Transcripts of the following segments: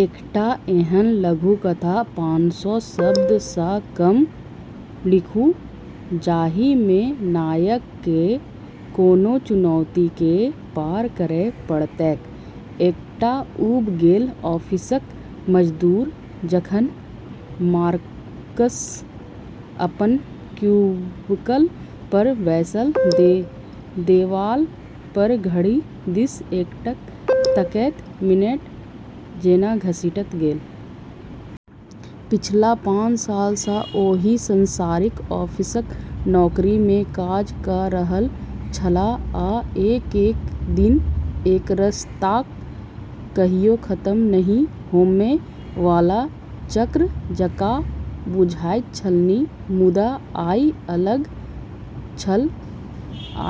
एकटा एहन लघुकथा पानसौ शब्द सँ कम लिखू जाहि मे नायक केँ कोनो चुनौती केँ पार करय पड़तैक, एकटा ऊब गेल ऑफिसक मजदूर जखन मार्कस अपन क्यूबिकल पर बैसल, देबाल पर घड़ी दिस एकटक तकैत, मिनट जेना घसीटैत गेल। पिछला पाँच साल सॅं ओही सांसारिक ऑफिसक नौकरी मे काज क रहल छलाह आ एक-एक दिन एकरसताक कहियो खत्म नहि होमय बला चक्र जकाँ बुझाइत छलनि। मुदा आइ अलग छल,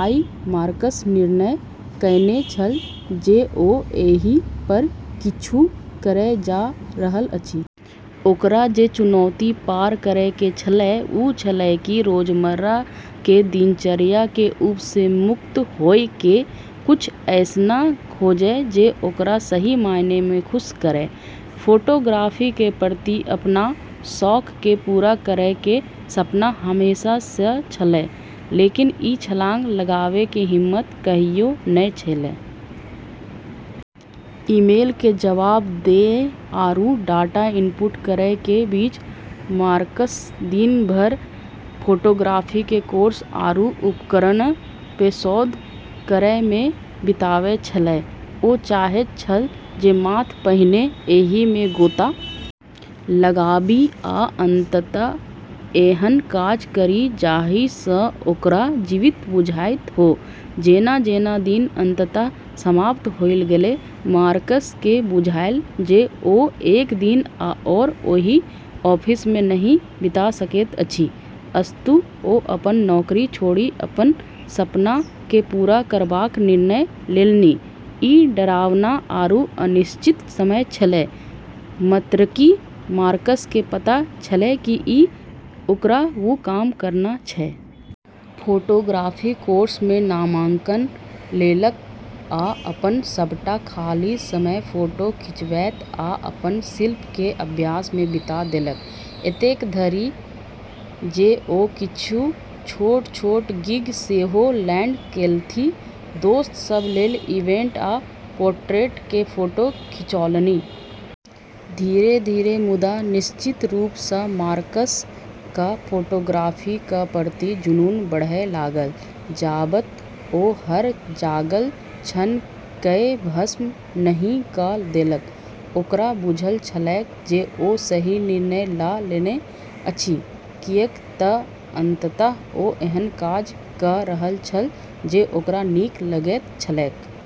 आइ मार्कस निर्णय कएने छल जे ओ एहि पर किछु करय जा रहल अछि। ओकरा जे चुनौती पार करै के छेलै, वू छेलै कि रोजमर्रा के दिनचर्या के ऊब सें मुक्त होय के कुछ ऐसनऽ खोजै जे ओकरा सही मायने में खुश करै। फोटोग्राफी के प्रति अपनऽ शौक के पूरा करै के सपना हमेशा स॑ छेलै, लेकिन ई छलांग लगाबै के हिम्मत कहियो नै छेलै। ईमेल के जवाब दै आरू डाटा इनपुट करै के बीच मार्कस दिन भर फोटोग्राफी के कोर्स आरू उपकरणऽ पे शोध करै मे बिताबै छेलै। ओ चाहैत छल जे माथ पहिने एहि मे गोता लगाबी आ अंतत एहन काज करी जाहि सँ ओकरा जीवित बुझाइत हो जेना-जेना दिन अंततः समाप्त होइत गेलै, मार्कस के बुझायल जे ओ एक दिन आओर ओहि ऑफिस मे नहि बिता सकैत अछि, अस्तु ओ अपन नौकरी छोड़ि अपन सपना के पूरा करबाक निर्णय लेलनि, ई डरावना आरू अनिश्चित समय छेलै, मतरकि मार्कस के पता छेलै कि ई ओकरा वू काम करना छै। फोटोग्राफी कोर्स में नामांकन लेलक आ अपन सबटा खाली समय फोटो खिंचबैत आ अपन शिल्प के अभ्यास में बिता देलक, एतेक धरि जे ओ किछु छोट-छोट गिग सेहो लैंड केलथि, दोस्त सब लेल इवेंट आ पोट्रेट के फोटो खिंचौलनि। धीरे-धीरे मुदा निश्चित रूप स मार्कस क फोटोग्राफी क प्रति जुनून बढ़य लागल, जाबत ओ हर जागल क्षण कए भस्म नहि क देलक। ओकरा बुझल छलैक जे ओ सही निर्णय ल लेने अछि, किएक त अंततः ओ एहन काज क रहल छल जे ओकरा नीक लगैत छलैक।